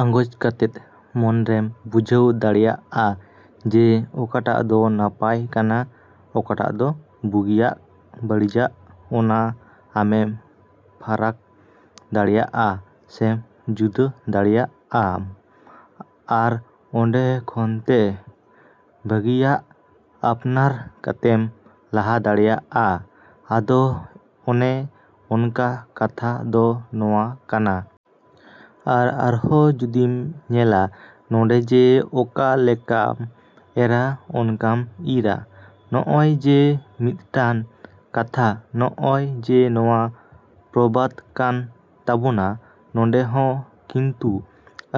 ᱟᱸᱜᱚᱪ ᱠᱟᱛᱮᱫ ᱢᱚᱱᱨᱮᱢ ᱵᱩᱡᱷᱟᱹᱣ ᱫᱟᱲᱮᱭᱟᱜᱼᱟ ᱡᱮ ᱚᱠᱟᱴᱟᱜ ᱫᱚ ᱱᱟᱯᱟᱭ ᱠᱟᱱᱟ, ᱚᱠᱟᱴᱟᱜ ᱫᱚ ᱵᱩᱜᱤᱭᱟᱜ ᱵᱟᱹᱲᱤᱡᱟᱜ ᱚᱱᱟ ᱟᱢᱮᱢ ᱯᱷᱟᱨᱟᱠ ᱫᱟᱲᱮᱭᱟᱜᱼᱟ ᱥᱮᱢ ᱡᱩᱫᱟᱹ ᱫᱟᱲᱮᱭᱟᱜ ᱟᱢ ᱟᱨ ᱚᱸᱰᱮ ᱠᱷᱚᱱᱛᱮ ᱵᱷᱟᱹᱜᱤᱭᱟᱜ ᱟᱯᱱᱟᱨ ᱠᱟᱛᱮᱢ ᱞᱟᱦᱟ ᱫᱟᱲᱮᱭᱟᱜᱼᱟ᱾ ᱟᱫᱚ ᱚᱱᱮ ᱚᱱᱠᱟ ᱠᱟᱛᱷᱟ ᱫᱚ ᱱᱚᱣᱟ ᱠᱟᱱᱟ᱾ ᱟᱨ ᱟᱨᱦᱚᱸ ᱡᱩᱫᱤᱢ ᱧᱮᱞᱟ ᱱᱚᱸᱰᱮ ᱡᱮ ᱚᱠᱟ ᱞᱮᱠᱟᱢ ᱮᱨᱟ ᱚᱱᱠᱟᱢ ᱤᱨᱟ᱾ ᱱᱚᱜᱼᱚᱭ ᱡᱮ ᱢᱤᱫᱴᱟᱱ ᱠᱟᱛᱷᱟ ᱱᱚᱜᱼᱚᱭ ᱡᱮ ᱱᱚᱣᱟ ᱯᱨᱚᱵᱟᱫ ᱠᱟᱱ ᱛᱟᱵᱳᱱᱟ, ᱱᱚᱸᱰᱮ ᱦᱚᱸ ᱠᱤᱱᱛᱩ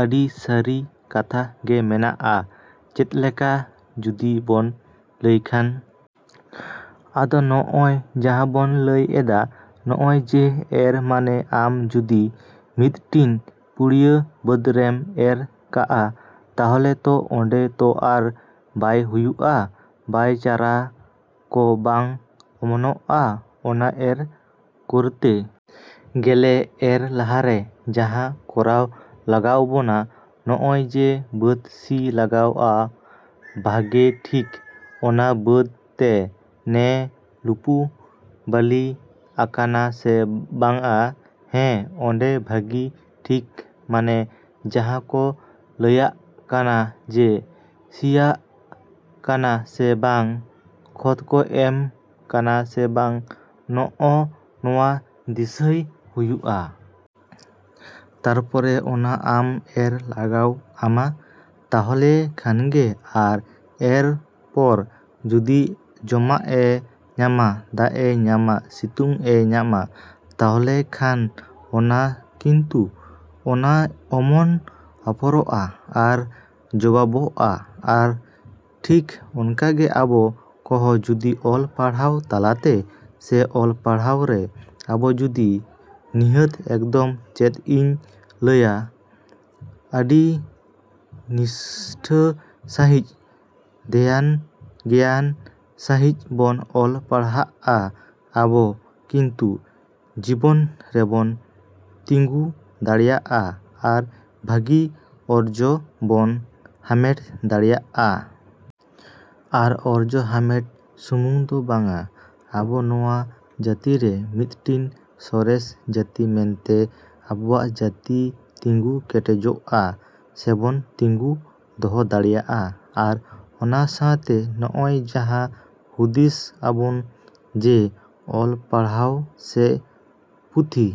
ᱟᱹᱰᱤ ᱥᱟᱹᱨᱤ ᱠᱟᱛᱷᱟ ᱜᱮ ᱢᱮᱱᱟᱜᱼᱟ᱾ ᱪᱮᱫ ᱞᱮᱠᱟ ᱡᱩᱫᱤ ᱵᱚᱱ ᱞᱟᱹᱭᱠᱷᱟᱱ? ᱟᱫᱚ ᱱᱚᱜᱼᱚᱭ ᱡᱟᱦᱟᱸ ᱵᱚᱱ ᱞᱟᱹᱭ ᱮᱫᱟ ᱱᱚᱜᱼᱚᱭ ᱡᱮ ᱮᱨ ᱢᱟᱱᱮ ᱟᱢ ᱡᱩᱫᱤ ᱢᱤᱫᱴᱤᱱ ᱯᱩᱲᱭᱟᱹ ᱵᱟᱹᱫᱽ ᱨᱮᱢ ᱮᱨ ᱠᱟᱜᱼᱟ, ᱛᱟᱦᱚᱞᱮ ᱛᱚ ᱚᱸᱰᱮ ᱛᱚ ᱟᱨ ᱵᱟᱭ ᱦᱩᱭᱩᱜᱼᱟ, ᱵᱟᱭ ᱪᱟᱨᱟ ᱠᱚ ᱵᱟᱝ ᱚᱢᱚᱱᱚᱜᱼᱟ᱾ ᱚᱱᱟ ᱮᱨ ᱠᱚᱨᱛᱮ ᱜᱮᱞᱮ ᱮᱨ ᱞᱟᱦᱟᱨᱮ ᱡᱟᱦᱟᱸ ᱠᱚᱨᱟᱣ ᱞᱟᱜᱟᱣᱵᱚᱱᱟ, ᱱᱜᱼᱚᱭ ᱡᱮ ᱵᱟᱹᱫᱽ ᱥᱤ ᱞᱟᱜᱟᱜᱼᱟ ᱵᱷᱟᱹᱜᱮ ᱴᱷᱤᱠ, ᱚᱱᱟ ᱵᱟᱹᱫ ᱛᱮ ᱱᱮ ᱞᱩᱯᱩ ᱵᱟᱹᱞᱤ ᱟᱠᱟᱱᱟ ᱥᱮ ᱵᱟᱝᱟ, ᱦᱮᱸ ᱚᱸᱰᱮ ᱵᱷᱟᱹᱜᱤ ᱴᱷᱤᱠ ᱢᱟᱱᱮ ᱡᱟᱦᱟᱸ ᱠᱚ ᱞᱟᱹᱭᱟᱜ ᱠᱟᱱᱟ ᱡᱮ ᱥᱤᱭᱟᱠᱟᱱᱟ ᱥᱮ ᱵᱟᱝ, ᱠᱷᱚᱛ ᱠᱚ ᱮᱢ ᱠᱟᱱᱟ ᱥᱮ ᱵᱟᱝ, ᱱᱚᱜᱼᱚ ᱱᱚᱣᱟ ᱫᱤᱥᱟᱹᱭ ᱦᱩᱭᱩᱜᱼᱟ᱾ ᱛᱟᱨᱯᱚᱨᱮ ᱚᱱᱟ ᱟᱢ ᱮᱨ ᱞᱟᱜᱟᱣ ᱟᱢᱟ, ᱛᱟᱦᱚᱞᱮ ᱠᱷᱟᱱᱜᱮ ᱟᱨ ᱮᱨ ᱯᱚᱨ ᱡᱩᱫᱤ ᱡᱚᱢᱟᱜ ᱮ ᱧᱟᱢᱟ, ᱫᱟᱜ ᱮ ᱧᱟᱢᱟ, ᱥᱤᱛᱩᱝ ᱮ ᱧᱟᱢᱟ, ᱛᱟᱦᱚᱞᱮᱠᱷᱟᱱ ᱚᱱᱟ ᱠᱤᱱᱛᱩ ᱚᱱᱟ ᱚᱢᱚᱱ ᱟᱯᱷᱚᱨᱚᱜᱼᱟ᱾ ᱟᱨ ᱡᱚᱵᱟᱵᱚᱜᱼᱟ ᱟᱨ ᱴᱷᱤᱠ ᱚᱱᱠᱟᱜᱮ ᱟᱵᱚ ᱠᱚᱦᱚᱸ ᱡᱩᱫᱤ ᱚᱞ ᱯᱟᱲᱦᱟᱣ ᱛᱟᱞᱟᱛᱮ ᱥᱮ ᱚᱞ ᱯᱟᱲᱦᱟᱣ ᱨᱮ ᱟᱵᱚ ᱡᱩᱫᱤ ᱱᱤᱦᱟᱹᱛ ᱮᱠᱫᱚᱢ ᱪᱮᱫ ᱤᱧ ᱞᱟᱹᱭᱟ ᱟᱹᱰᱤ ᱱᱤᱥᱴᱷᱟᱹ ᱥᱟᱺᱦᱤᱡ, ᱫᱷᱮᱭᱟᱱ ᱜᱮᱭᱟᱱ ᱥᱟᱺᱦᱤᱡ ᱵᱚᱱ ᱚᱞ ᱯᱟᱲᱦᱟᱜᱼᱟ, ᱟᱵᱚ ᱠᱤᱱᱛᱩ ᱡᱤᱵᱚᱱ ᱨᱮᱵᱚᱱ ᱛᱤᱸᱜᱩ ᱫᱟᱲᱮᱭᱟᱜᱼᱟ ᱟᱨ ᱵᱷᱟᱹᱜᱤ ᱚᱨᱡᱚ ᱵᱚᱱ ᱦᱟᱢᱮᱴ ᱫᱟᱲᱮᱭᱟᱜᱼᱟ᱾ ᱟᱨ ᱚᱨᱡᱚ ᱦᱟᱢᱮᱴ ᱥᱩᱢᱩᱝ ᱫᱚ ᱵᱟᱝᱟ, ᱟᱵᱚ ᱱᱚᱣᱟ ᱡᱟᱹᱛᱤᱨᱮ ᱢᱤᱫᱴᱤᱱ ᱥᱚᱨᱮᱥ ᱡᱟᱹᱛᱤ ᱢᱮᱱᱛᱮ ᱟᱵᱚᱣᱟᱜ ᱡᱟᱹᱛᱤ ᱛᱤᱸᱜᱩ ᱠᱮᱴᱮᱡᱚᱜᱼᱟ ᱥᱮᱵᱚᱱ ᱛᱤᱸᱜᱩ ᱫᱚᱦᱚ ᱫᱟᱲᱮᱭᱟᱜᱼᱟ᱾ ᱟᱨ ᱚᱱᱟ ᱥᱟᱶᱛᱮ ᱱᱚᱜᱼᱚᱭ ᱡᱟᱦᱟᱸ ᱦᱩᱫᱤᱥ ᱟᱵᱚᱱ ᱡᱮ ᱚᱞ ᱯᱟᱲᱦᱟᱣ ᱥᱮ ᱯᱩᱛᱷᱤ᱾